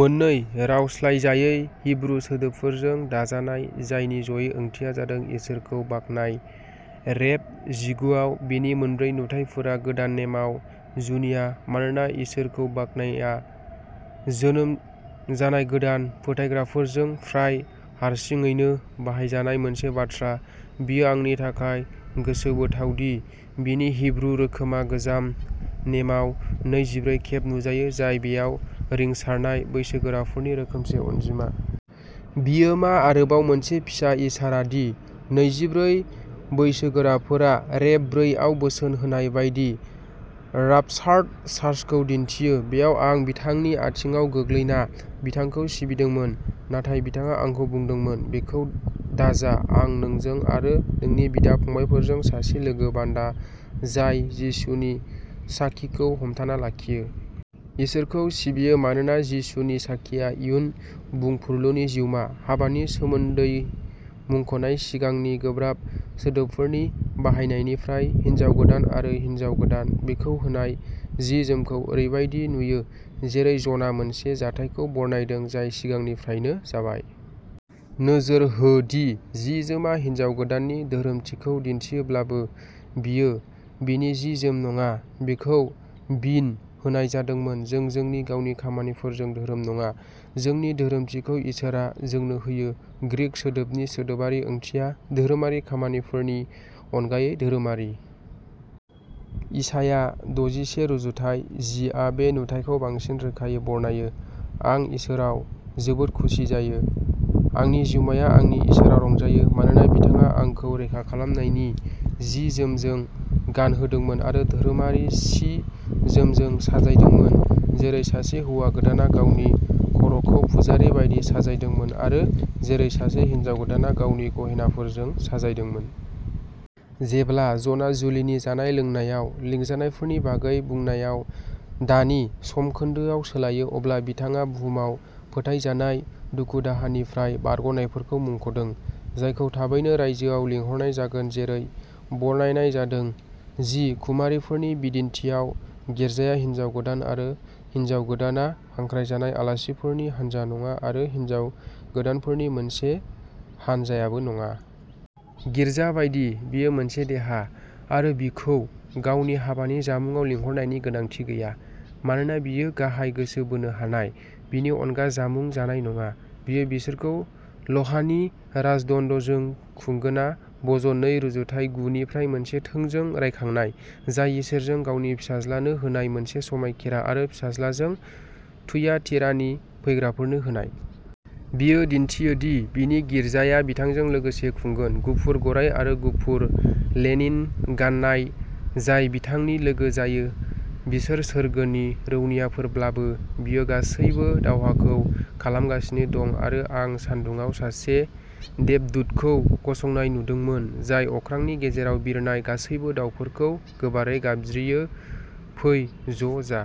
मोननै रावस्लायजायै हिब्रु सोदोबफोरजों दाजानाय, जायनि ज'यै ओंथिया जादों, इसोरखौ बाख्नाय। रेभ जिगुआव बेनि मोनब्रै नुथाइफोरा गोदान नेमाव जुनिया। मानोना इसोरखौ बाख्नायआ जोनोम जानाय गोदान फोथायग्राफोरजों प्राय हारसिङैनो बाहायजानाय मोनसे बाथ्रा, बेयो आंनि थाखाय गोसोबोथाव दि बेनि हिब्रु रोखोमआ गोजाम नेमाव नैजिब्रै खेब नुजायो, जाय बेयाव रिंसारनाय बैसोगोराफोरनि रोखोमसे अनजिमा। बेयो मा आरोबाव मोनसे फिसा इसारा दि नैजिब्रै बैसोगोराफोरा रेभ ब्रै आव बोसोन होनाय बायदि र्यापचार्ड चार्चखौ दिन्थियो बेयाव आं बिथांनि आथिंआव गोग्लैना बिथांखौ सिबिदोंमोन। नाथाय बिथाङा आंखौ बुंदोंमोन, बेखौ दाजा आं नोंजों आरो नोंनि बिदा-फंबायफोरजों सासे लोगो बान्दा, जाय जिसुनि साखीखौ हमथाना लाखियो। इसोरखौ सिबियो मानोना जिसुनि साखीया इयुन बुंफुरलुनि जिउमा। हाबानि सोमोन्दै मुंख'नाय सिगांनि गोब्राब सोदोबफोरनि बाहायनायनिफ्राय, हिन्जाव गोदान आरो हिन्जाव गोदान। बिखौ होनाय जि-जोमखौ, ओरैबायदि नुयो जेरै जनआ मोनसे जाथायखौ बरनायदों, जाय सिगांनिफ्रायनो जाबाय। नोजोर हो दि जि-जोमआ हिनजाव गोदाननि धोरोमारिथिखौ दिन्थियोब्लाबो, बेयो बिनि जि-जोम नङा। बेखौ बिनो होनाय जादोंमोन। जों जोंनि गावनि खामानिफोरजों धोरोमारि नङा। जोंनि धोरोमारिथिखौ इसोरआ जोंनो होयो। ग्रीक सोदोबनि सोदोबारि ओंथिया धोरोमारि खामानिफोरनि अनगायै धोरोमारि। इसाया दजिसे रुजुथाइ जि आ बे नुथायखौ बांसिन रोखायै बरनायो। आं इसोराव जोबोद खुसि जायो; आंनि जिउमाया आंनि इसोराव रंजायो। मानोना बिथाङा आंखौ रैखाखालामनायनि जि-जोमजों गानहोदोंमोन आरो धोरोमारि सि-जोमजों साजायदोंमोन, जेरै सासे हौवा गोदानआ गावनि खर'खौ पुजारी बायदि साजायदोंमोन आरो जेरै सासे हिनजाव गोदानआ गावनि गहेनाफोरजों साजायदोंमोन। जेब्ला जनआ जुलिनि जानाय-लोंनायाव लिंजानायफोरनि बागै बुंनायाव दानि समखोन्दोआव सोलायो, अब्ला बिथाङा बुहुमाव फोथायजानाय दुखु-दाहानिफ्राय बारग'नायफोरखौ मुंख'दों, जायखौ थाबैनो रायजोआव लिंहरनाय जागोन जेरै बरनायनाय जादों। जि कुमारीफोरनि बिदिन्थिआव। गिर्जाया हिन्जाव गोदान आरो हिन्जाव गोदानआ हांख्रायजानाय आलासिफोरनि हानजा नङा आरो हिन्जाव गोदानफोरनि मोनसे हानजायाबो नङा। गिर्जा बायदि, बियो मोनसे देहा। आरो बिखौ गावनि हाबानि जामुंआव लिंहरनायनि गोनांथि गैया, मानोना बियो गाहाय गोसो बोनो हानाय। बिनि अनगा जामुं जानाय नङा। बियो बिसोरखौ लहानि राजदण्डजों खुंगोनआ भजन नै रुजुथाइ गु निफ्राय मोनसे थोंजों रायखांनाय, जाय इसोरजों गावनि फिसाज्लानो होनाय मोनसे समायखिरा आरो फिसाज्लाजों थुयातिरानि फैग्राफोरनो होनाय। बेयो दिन्थियो दि बिनि गिर्जाया बिथांजों लोगोसे खुंगोन। गुफुर गराय आरो गुफुर लिनेन गान्नाय जाय बिथांनि लोगो जायो बिसोर सोरगोनि रौनियाफोरब्लाबो, बियो गासैबो दावहाखौ खालामगासिनो दं आरो आं सान्दुङाव सासे देबदूतखौ गसंनाय नुदोंमोन, जाय अख्रांनि गेजेराव बिरनाय गासैबो दावफोरखौ गोबारै गाबज्रियो, फै ज'जा।